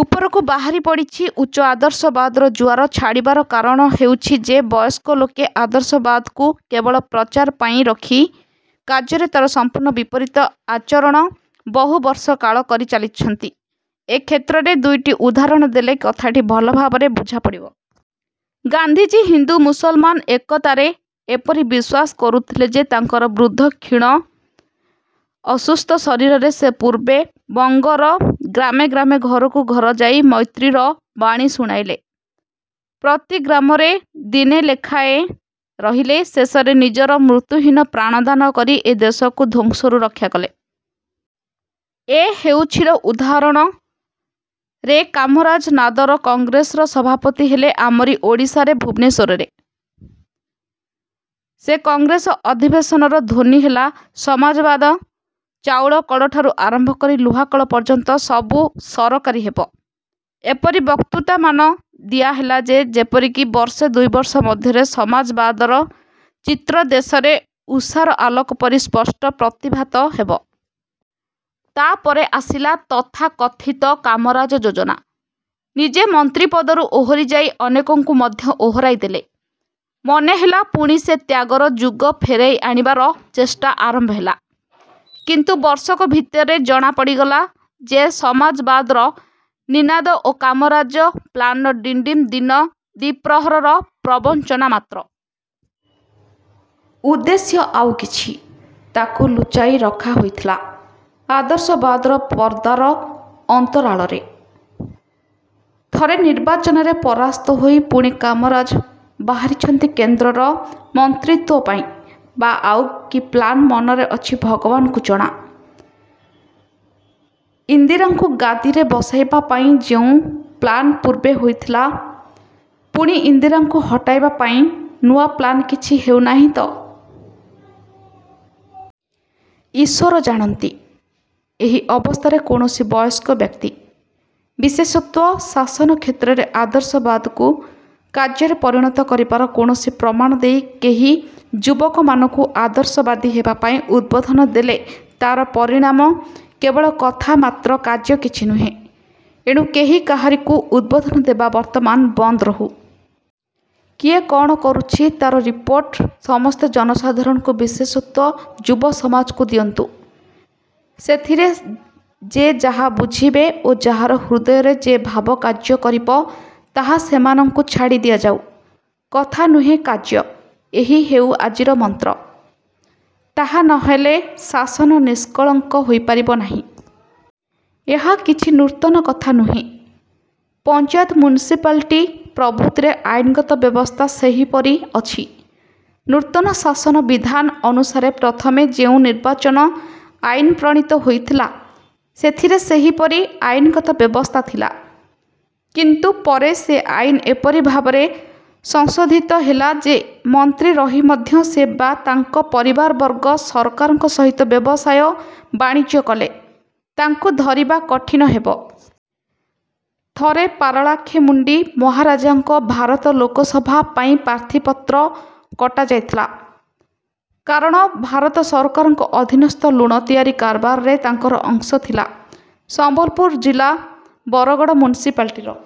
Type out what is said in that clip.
ଉପରକୁ ବାହାରି ପଡ଼ିଛି। ଉଚ୍ଚ ଆଦର୍ଶବାଦର ଜୁଆର ଛାଡ଼ିବାର କାରଣ ହେଉଛି ଯେ ବୟସ୍କ ଲୋକେ ଆଦର୍ଶବାଦକୁ କେବଳ ପ୍ରଚାର ପାଇଁ ରଖି କାର୍ଯ୍ୟରେ ତା'ର ସମ୍ପୂର୍ଣ୍ଣ ବିପରୀତ ଆଚରଣ ବହୁବର୍ଷ କାଳ କରି ଚାଲିଛନ୍ତି। ଏ କ୍ଷେତ୍ରରେ ଦୁଇଟି ଉଦାହରଣ ଦେଲେ କଥାଟି ଭଲ ଭାବରେ ବୁଝାପଡ଼ିବ। ଗାନ୍ଧିଜୀ ହିନ୍ଦୁ-ମୁସଲମାନ ଏକତାରେ ଏପରି ବିଶ୍ୱାସ କରୁଥିଲେ ଯେ ତାଙ୍କର ବୃଦ୍ଧ କ୍ଷୀଣ ଅସୁସ୍ଥ ଶରୀରରେ ସେ ପୂର୍ବେ ବଙ୍ଗର ଗ୍ରାମେ ଗ୍ରାମେ ଘରକୁ ଘର ଯାଇ ମୈତ୍ରୀର ବାଣୀ ଶୁଣାଇଲେ। ପ୍ରତି ଗ୍ରାମରେ ଦିନେ ଲେଖାଏଁ ରହିଲେ। ଶେଷରେ ନିଜର ମୃତ୍ୟୁହୀନ ପ୍ରାଣଦାନ କରି ଏ ଦେଶକୁ ଧ୍ୱଂସରୁ ରକ୍ଷାକଲେ। ଏ ହେଉଛି ର ଉଦାହରଣ। ରେ କାମରାଜ ନାଦର କଂଗ୍ରେସର ସଭାପତି ହେଲେ ଆମରି ଓଡ଼ିଶାରେ ଭୁବନେଶ୍ୱରରେ। ସେ କଂଗ୍ରେସ ଅଧିବେଶନର ଧ୍ୱନି ହେଲା 'ସମାଜବାଦ' ଚାଉଳ କଳଠାରୁ ଆରମ୍ଭ କରି ଲୁହାକଳ ପର୍ଯ୍ୟନ୍ତ ସବୁ ସରକାରୀ ହେବ। ଏପରି ବକ୍ତୃତାମାନ ଦିଆହେଲା ଯେ ଯେପରିକି ବର୍ଷେ ଦୁଇବର୍ଷ ମଧ୍ୟରେ ସମାଜବାଦର ଚିତ୍ର ଦେଶରେ ଉଷାର ଆଲୋକ ପରି ସ୍ପଷ୍ଟ ପ୍ରତିଭାତ ହେବ। ତା'ପରେ ଆସିଲା ତଥାକଥିତ କାମରାଜ ଯୋଜନା। ନିଜେ ମନ୍ତ୍ରୀ ପଦରୁ ଓହରି ଯାଇ ଅନେକଙ୍କୁ ମଧ୍ୟ ଓହରାଇ ଦେଲେ। ମନେହେଲା ପୁଣି ସେ ତ୍ୟାଗର ଯୁଗ ଫେରାଇ ଆଣିବାର ଚେଷ୍ଟା ଆରମ୍ଭ ହେଲା; କିନ୍ତୁ ବର୍ଷକ ଭିତରେ ଜଣା ପଡ଼ିଗଲା ଯେ ସମାଜବାଦର ନିନାଦ ଓ କାମରାଜ ପ୍ଲାନର ଡିଣ୍ଡିମ ଦିନ ଦ୍ୱିପ୍ରହରର ପ୍ରବଞ୍ଚନା ମାତ୍ର। ଉଦ୍ଦେଶ୍ୟ ଆଉ କିଛି, ତାକୁ ଲୁଚାଇ ରଖାହୋଇଥିଲା ଆଦର୍ଶବାଦର ପର୍ଦ୍ଦାର ଅନ୍ତରାଳରେ। ଥରେ ନିର୍ବାଚନରେ ପରାସ୍ତ ହୋଇ ପୁଣି କାମରାଜ ବାହାରିଛନ୍ତି କେନ୍ଦ୍ରର ମନ୍ତ୍ରିତ୍ୱପାଇଁ ବା ଆଉ କି 'ପ୍ଳାନ' ମନରେ ଅଛି ଭଗବାନଙ୍କୁ ଜଣା। ଇନ୍ଦିରାଙ୍କୁ ଗାଦିରେ ବସାଇବା ପାଇଁ ଯେଉଁ ପ୍ଲାନ ପୂର୍ବେ ହୋଇଥିଲା, ପୁଣି ଇନ୍ଦିରାଙ୍କୁ ହଟାଇବା ପାଇଁନୂଆ ପ୍ଲାନ କିଛି ହେଉ ନାହିଁ ତ? ଈଶ୍ୱର ଜାଣନ୍ତି। ଏହି ଅବସ୍ଥାରେ କୌଣସି ବୟସ୍କ ବ୍ୟକ୍ତି, ବିଶେଷତଃ ଶାସନ କ୍ଷେତ୍ରରେ ଆଦର୍ଶବାଦକୁ କାର୍ଯ୍ୟରେ ପରିଣତ କରିବାର କୌଣସି ପ୍ରମାଣ ଦେଇ କେହି ଯୁବକମାନଙ୍କୁ ଆଦର୍ଶବାଦୀ ହେବାପାଇଁ ଉଦ୍ବୋଧନ ଦେଲେ ତା'ର ପରିଣାମ କେବଳ କଥା ମାତ୍ର କାର୍ଯ୍ୟ କିଛି ନୁହେଁ। ଏଣୁ କେହି କାହାରିକୁ ଉଦ୍ବୋଧନ ଦେବା ବର୍ତ୍ତମାନ ବନ୍ଦ ରହୁ। କିଏ କଅଣ କରୁଛି ତା'ର ରିପୋର୍ଟ ସମସ୍ତେ ଜନସାଧାରଣଙ୍କୁ ବିଶେଷତଃ ଯୁବ-ସମାଜକୁ ଦିଅନ୍ତୁ। ସେଥିରେ ଯେ ଯାହା ବୁଝିବେ ଓ ଯାହାର ହୃଦୟରେ ଯେ ଭାବ କାର୍ଯ୍ୟ କରିବ, ତାହା ସେମାନଙ୍କୁ ଛାଡ଼ି ଦିଆଯାଉ। କଥା ନୁହେଁ କାର୍ଯ୍ୟ- ଏହି ହେଉ ଆଜିର ମନ୍ତ୍ର। ତାହା ନହେଲେ ଶାସନ ନିଷ୍କଳଙ୍କ ହୋଇପାରିବ ନାହିଁ। ଏହା କିଛି ନୂତନ କଥା ନୁହେଁ। ପଞ୍ଚାୟତ ମ୍ୟୁନିସିପାଲଟି ପ୍ରଭୃତିରେ ଆଇନଗତ ବ୍ୟବସ୍ଥା ସେହିପରି ଅଛି। ନୂତନ ଶାସନ ବିଧାନ ଅନୁସାରେ ପ୍ରଥମେ ଯେଉଁ ନିର୍ବାଚନ-ଆଇନ ପ୍ରଣୀତ ହୋଇଥିଲା, ସେଥିରେ ସେହିପରି ଆଇନଗତ ବ୍ୟବସ୍ଥା ଥିଲା; କିନ୍ତୁ ପରେ ସେ ଆଇନ ଏପରି ଭାବରେ ସଂଶୋଧିତ ହେଲା ଯେ ମନ୍ତ୍ରୀ ରହି ମଧ୍ୟ ସେ ବା ତାଙ୍କ ପରିବାରବର୍ଗ ସରକାରଙ୍କ ସହିତ ବ୍ୟବସାୟ ବାଣିଜ୍ୟ କଲେ, ତାଙ୍କୁ ଧରିବା କଠିନ ହେବ। ଥରେ ପାରଳାଖେମୁଣ୍ଡି ମହାରାଜାଙ୍କ ଭାରତ ଲୋକସଭା ପାଇଁ ପ୍ରାର୍ଥୀପତ୍ର କଟାଯାଇଥିଲା; କାରଣ ଭାରତ ସରକାରଙ୍କ ଅଧୀନସ୍ଥ ଲୁଣ ତିଆରି କାରବାରରେ ତାଙ୍କର ଅଂଶ ଥିଲା। ସମ୍ବଲପୁର ଜିଲା ବରଗଡ଼ ମ୍ୟୁନିସିପାଲିଟିର